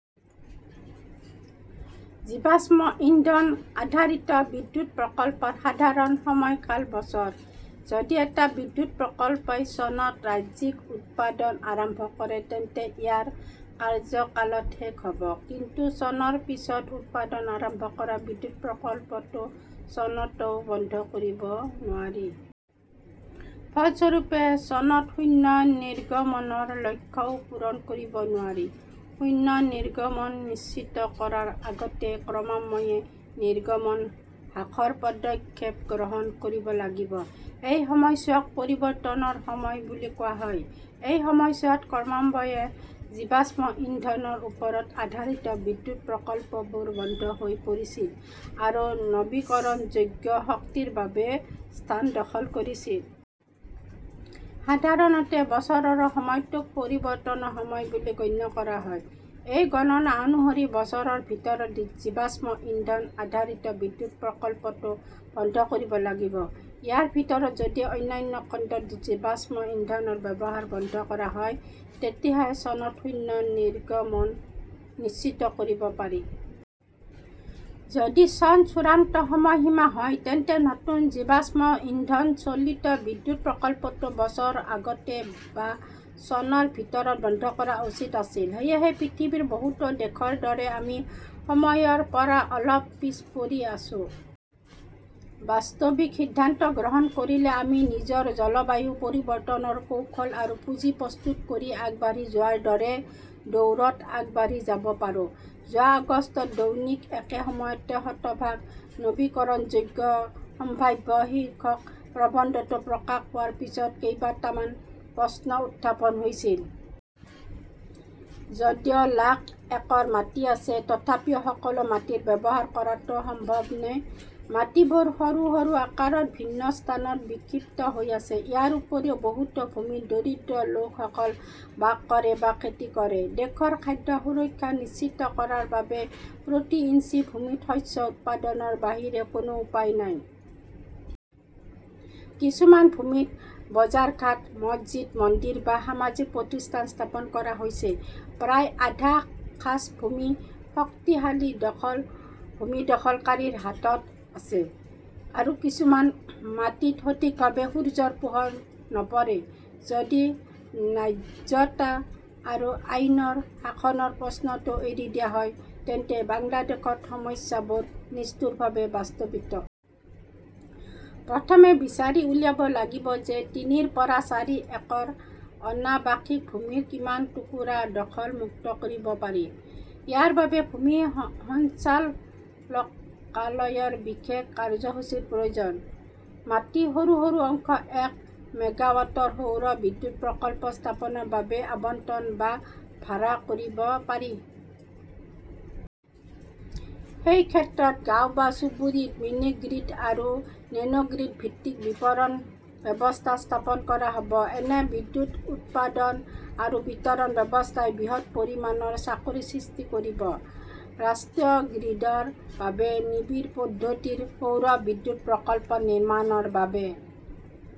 জীৱাশ্ম ইন্ধন-আধাৰিত বিদ্যুৎ প্ৰকল্পৰ সাধাৰণ সময়কাল বছৰ। যদি এটা বিদ্যুৎ প্ৰকল্পই চনত বাণিজ্যিক উৎপাদন আৰম্ভ কৰে তেন্তে ইয়াৰ কাৰ্যকাল ত শেষ হ 'ব। কিন্তু চনৰ পিছত উৎপাদন আৰম্ভ কৰা বিদ্যুৎ প্ৰকল্পটো চনতও বন্ধ কৰিব নোৱাৰি। ফলস্বৰূপে, চনত শূন্য নিৰ্গমনৰ লক্ষ্যও পূৰণ কৰিব নোৱাৰি। শূন্য নিৰ্গমন নিশ্চিত কৰাৰ আগতে ক্ৰমান্বয়ে নিৰ্গমন হ্ৰাসৰ পদক্ষেপ গ্ৰহণ কৰিব লাগিব। এই সময়ছোৱাক পৰিৱৰ্তনৰ সময় বুলি কোৱা হয়। এই সময়ছোৱাত ক্ৰমান্বয়ে জীৱাশ্ম ইন্ধনৰ ওপৰত আধাৰিত বিদ্যুৎ প্ৰকল্পবোৰ বন্ধ হৈ পৰিছিল আৰু নৱীকৰণযোগ্য শক্তিৰ বাবে স্থান দখল কৰিছিল। সাধাৰণতে বছৰৰ সময়টোক পৰিৱৰ্তনৰ সময় বুলি গণ্য কৰা হয়। এই গণনা অনুসৰি, বছৰৰ ভিতৰত জীৱাশ্ম ইন্ধন-আধাৰিত বিদ্যুৎ প্ৰকল্পটো বন্ধ কৰিব লাগিব। ইয়াৰ ভিতৰত যদি অন্যান্য খণ্ডত জীৱাশ্ম ইন্ধনৰ ব্যৱহাৰ বন্ধ কৰা হয় তেতিয়াহে চনত শূন্য নিৰ্গমন নিশ্চিত কৰিব পাৰি। যদি চন চূড়ান্ত সময়সীমা হয়, তেন্তে নতুন জীৱাশ্ম ইন্ধন চালিত বিদ্যুৎ প্ৰকল্পটো বছৰ আগতে বা চনৰ ভিতৰত বন্ধ কৰা উচিত আছিল। সেয়েহে পৃথিৱীৰ বহুতো দেশৰ দৰে আমি সময়ৰ পৰা অলপ পিছ পৰি আছো। বাস্তৱিক সিদ্ধান্ত গ্ৰহণ কৰিলে আমি নিজৰ জলবায়ু পৰিৱৰ্তনৰ কৌশল আৰু পুঁজি প্ৰস্তুত কৰি আগবাঢ়ি যোৱাৰ দৰে দৌৰত আগবাঢ়ি যাব পাৰোঁ। যোৱা আগষ্টত দৈনিক একে সময়তে 'শতভাগ নৱীকৰণযোগ্য সম্ভাৱ্য "শীৰ্ষক প্ৰবন্ধটো প্ৰকাশ পোৱাৰ পিছত কেইটামান প্ৰশ্ন উত্থাপন হৈছিল। যদিও লাখ একৰ মাটি আছে, তথাপিও সকলো মাটি ব্যৱহাৰ কৰাটো সম্ভৱনে? মাটিবোৰ সৰু সৰু আকাৰত বিভিন্ন স্থানত বিক্ষিপ্ত হৈ আছে। ইয়াৰ উপৰিও বহুতো ভূমিত দৰিদ্ৰ লোকসকল বাস কৰে বা খেতি কৰে। দেশৰ খাদ্য সুৰক্ষা নিশ্চিত কৰাৰ বাবে প্ৰতি ইঞ্চি ভূমিত শস্য উৎপাদনৰ বাহিৰে কোনো উপায় নাই। কিছুমান ভূমিত বজাৰঘাট, মছজিদ-মন্দিৰ বা সামাজিক প্ৰতিষ্ঠান স্থাপন কৰা হৈছে। প্ৰায় আধা খাছভূমি শক্তিশালী ভূমি দখলকাৰীৰ হাতত আছে। আৰু কিছুমান মাটিত সঠিকভাৱে সূৰ্যৰ পোহৰ নপৰে। যদি ন্যায্যতা আৰু আইনৰ শাসনৰ প্ৰশ্নটো এৰি দিয়া হয়, তেন্তে বাংলাদেশত সমস্যাবোৰ নিষ্ঠুৰভাৱে বাস্তৱিক। প্ৰথমে বিচাৰি উলিয়াব লাগিব যে তিনিৰ পৰা চাৰি একৰ অনাবাসিক ভূমিৰ কিমান টুকুৰা দখল-মুক্ত কৰিব পাৰি। ইয়াৰ বাবে ভূমি সঞ্চালকালয়ৰ বিশেষ কাৰ্যসূচীৰ প্ৰয়োজন। মাটিৰ সৰু সৰু অংশ এক মেগাৱাটৰ সৌৰ বিদ্যুৎ প্ৰকল্প স্থাপনৰ বাবে আবণ্টন বা ভাড়া কৰিব পাৰি। সেই ক্ষেত্ৰত গাঁৱ বা চুবুৰীত মিনিগ্ৰিড আৰু নেনোগ্ৰিড ভিত্তিক বিতৰণ ব্যৱস্থা স্থাপন কৰা হ "ব। এনে বিদ্যুৎ উৎপাদন আৰু বিতৰণ ব্যৱস্থাই বৃহৎ পৰিমাণৰ চাকৰি সৃষ্টি কৰিব। ৰাষ্ট্ৰীয় গ্ৰীডৰ বাবে নিবিড় পদ্ধতিৰ সৌৰ বিদ্যুৎ প্ৰকল্প নিৰ্মাণৰ বাবে